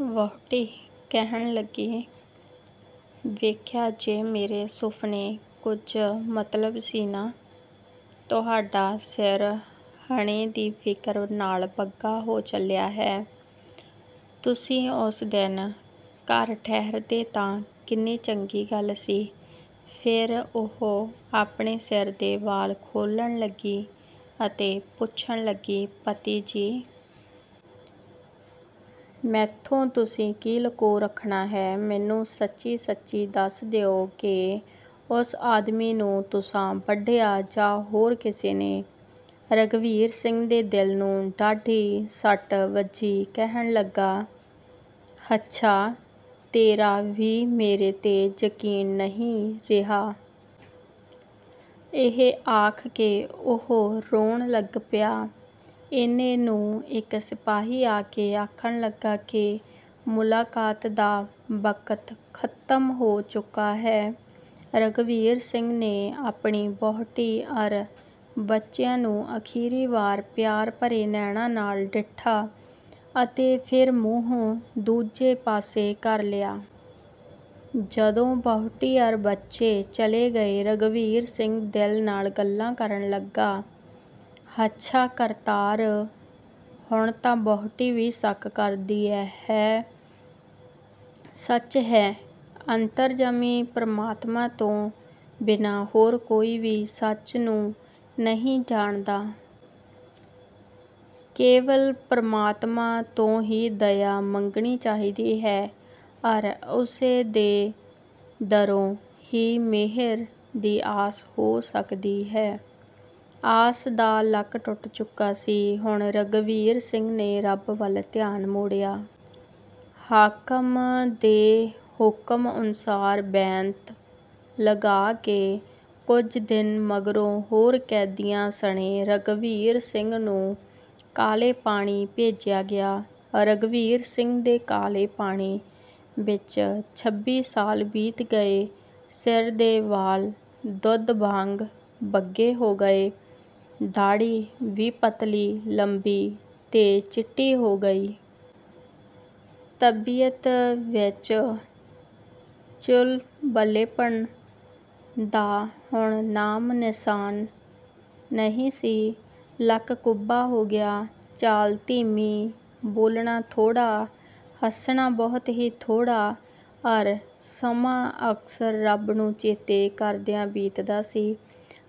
ਵਹੁਟੀ ਕਹਿਣ ਲੱਗੀ – "ਵੇਖਿਆ, ਜੇ ਮੇਰੇ ਸੁਫ਼ਨੇ ਕੁਝ ਮਤਲਬ ਸੀ ਨਾ? ਤੁਹਾਡਾ ਸਿਰ ਹਣੇ ਦੀ ਫ਼ਿਕਰ ਨਾਲ ਬੱਗਾ ਹੋ ਚਲਿਆ ਹੈ। ਤੁਸੀਂ ਉਸ ਦਿਨ ਘਰ ਠਹਿਰਦੇ ਤਾਂ ਕਿੰਨੀ ਚੰਗੀ ਗੱਲ ਸੀ।" ਫਿਰ ਉਹ ਆਪਣੇ ਸਿਰ ਦੇ ਵਾਲ ਖੋਲਣ ਲੱਗੀ ਅਤੇ ਪੁੱਛਣ ਲੱਗੀ – "ਪਤੀ ਜੀ! ਮੈਥੋਂ ਤੁਸੀਂ ਕੀ ਲੁਕੋ ਰੱਖਣਾ ਹੈ। ਮੈਨੂੰ ਸੱਚੀ-ਸੱਚੀ ਦੱਸ ਦਿਓ ਕਿ ਉਸ ਆਦਮੀ ਨੂੰ ਤੁਸਾਂ ਵੱਢਿਆ ਜਾਂ ਹੋਰ ਕਿਸੇ ਨੇ?" ਰਘਬੀਰ ਸਿੰਘ ਦੇ ਦਿਲ ਨੂੰ ਡਾਢੀ ਸੱਟ ਵੱਜੀ। ਕਹਿਣ ਲੱਗਾ – "ਹੱਛਾ! ਤੇਰਾ ਵੀ ਮੇਰੇ 'ਤੇ ਯਕੀਨ ਨਹੀਂ ਰਿਹਾ?" ਇਹ ਆਖ ਕੇ ਉਹ ਰੋਣ ਲੱਗ ਪਿਆ। ਇੰਨੇ ਨੂੰ ਇੱਕ ਸਿਪਾਹੀ ਆ ਕੇ ਆਖਣ ਲੱਗਾ ਕਿ "ਮੁਲਾਕਾਤ ਦਾ ਵਕਤ ਖਤਮ ਹੋ ਚੁੱਕਾ ਹੈ।" ਰਘਬੀਰ ਸਿੰਘ ਨੇ ਆਪਣੀ ਵਹੁਟੀ ਅਰ ਬੱਚਿਆਂ ਨੂੰ ਅਖ਼ੀਰੀ ਵਾਰ ਪਿਆਰ ਭਰੇ ਨੈਣਾਂ ਨਾਲ ਡਿੱਠਾ ਅਤੇ ਫਿਰ ਮੂੰਹ ਦੂਜੇ ਪਾਸੇ ਕਰ ਲਿਆ। ਜਦੋਂ ਵਹੁਟੀ ਅਰ ਬੱਚੇ ਚਲੇ ਗਏ, ਰਘਬੀਰ ਸਿੰਘ ਦਿਲ ਨਾਲ ਗੱਲਾਂ ਕਰਨ ਲੱਗਾ – "ਹੱਛਾ ਕਰਤਾਰ! ਹੁਣ ਤਾਂ ਵਹੁਟੀ ਵੀ ਸ਼ੱਕ ਕਰਦੀ ਹੈ। ਸੱਚ ਹੈ! ਅੰਤਰਜਾਮੀ ਪ੍ਰਮਾਤਮਾ ਤੋਂ ਬਿਨਾਂ ਹੋਰ ਕੋਈ ਵੀ ਸੱਚ ਨੂੰ ਨਹੀਂ ਜਾਣਦਾ। ਕੇਵਲ ਪ੍ਰਮਾਤਮਾ ਤੋਂ ਹੀ ਦਇਆ ਮੰਗਣੀ ਚਾਹੀਦੀ ਹੈ, ਅਰ ਉਸੇ ਦੇ ਦਰੋਂ ਹੀ ਮੇਹਰ ਦੀ ਆਸ ਹੋ ਸਕਦੀ ਹੈ।" ਆਸ ਦਾ ਲੱਕ ਟੁੱਟ ਚੁੱਕਾ ਸੀ। ਹੁਣ ਰਘਬੀਰ ਸਿੰਘ ਨੇ ਰੱਬ ਵੱਲ ਧਿਆਨ ਮੋੜਿਆ। ਹਾਕਮ ਦੇ ਹੁਕਮ ਅਨੁਸਾਰ ਬੈਂਤ ਲਗਾ ਕੇ ਕੁਝ ਦਿਨ ਮਗਰੋਂ ਹੋਰ ਕੈਦੀਆਂ ਸਣੇ ਰਘਬੀਰ ਸਿੰਘ ਨੂੰ ਕਾਲੇ ਪਾਣੀ ਭੇਜਿਆ ਗਿਆ। ਰਘਬੀਰ ਸਿੰਘ ਦੇ ਕਾਲੇ ਪਾਣੀ ਵਿੱਚ ਛੱਬੀ ਸਾਲ ਬੀਤ ਗਏ। ਸਿਰ ਦੇ ਵਾਲ ਦੁੱਧ ਵਾਂਗ ਬੱਗੇ ਹੋ ਗਏ, ਦਾੜ੍ਹੀ ਵੀ ਪਤਲੀ, ਲੰਬੀ ਤੇ ਚਿੱਟੀ ਹੋ ਗਈ। ਤਬੀਅਤ ਵਿੱਚ ਚੁਲਬਲੇਪਣ ਦਾ ਹੁਣ ਨਾਮ-ਨਿਸ਼ਾਨ ਨਹੀਂ ਸੀ। ਲੱਕ ਕੁੱਬਾ ਹੋ ਗਿਆ, ਚਾਲ ਧੀਮੀ, ਬੋਲਣਾ ਥੋੜਾ, ਹੱਸਣਾ ਬਹੁਤ ਹੀ ਥੋੜਾ ਅਰ ਸਮਾਂ ਅਕਸਰ ਰੱਬ ਨੂੰ ਚੇਤੇ ਕਰਦਿਆਂ ਬੀਤਦਾ ਸੀ।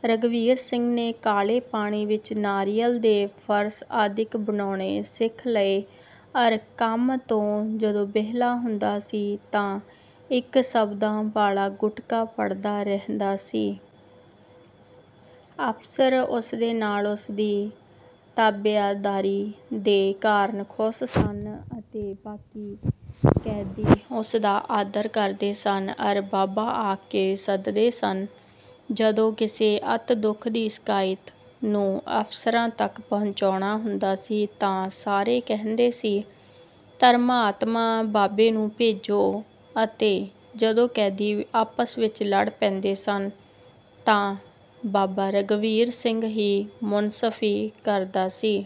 ਰਘਬੀਰ ਸਿੰਘ ਨੇ ਕਾਲੇ ਪਾਣੀ ਵਿੱਚ ਨਾਰੀਅਲ ਦੇ ਫਰਸ਼ ਆਦਿਕ ਬਣਾਉਣੇ ਸਿੱਖ ਲਏ ਅਰ ਕੰਮ ਤੋਂ ਜਦੋਂ ਵੇਹਲਾ ਹੁੰਦਾ ਸੀ ਤਾਂ ਇੱਕ ਸ਼ਬਦਾਂ ਵਾਲਾ ਗੁਟਕਾ ਪੜ੍ਹਦਾ ਰਹਿੰਦਾ ਸੀ। ਅਫਸਰ ਉਸਦੇ ਨਾਲ ਉਸਦੀ ਤਾਬਿਆਦਾਰੀ ਦੇ ਕਾਰਨ ਖੁਸ਼ ਸਨ ਅਤੇ ਬਾਕੀ ਕੈਦੀ ਉਸਦਾ ਆਦਰ ਕਰਦੇ ਸਨ ਅਰ ਬਾਬਾ ਆਖ ਕੇ ਸੱਦਦੇ ਸਨ। ਜਦੋਂ ਕਿਸੇ ਅਤਿ ਦੁੱਖ ਦੀ ਸ਼ਿਕਾਇਤ ਨੂੰ ਅਫਸਰਾਂ ਤੱਕ ਪਹੁੰਚਾਣਾ ਹੁੰਦਾ ਸੀ ਤਾਂ ਸਾਰੇ ਕਹਿੰਦੇ ਸੀ – ਧਰਮਾਤਮਾ ਬਾਬੇ ਨੂੰ ਭੇਜੋ, ਅਤੇ ਜਦੋਂ ਕੈਦੀ ਆਪਸ ਵਿੱਚ ਲੜ ਪੈਂਦੇ ਸਨ ਤਾਂ ਬਾਬਾ ਰਘਬੀਰ ਸਿੰਘ ਹੀ ਮੁਨਸਫ਼ੀ ਕਰਦਾ ਸੀ।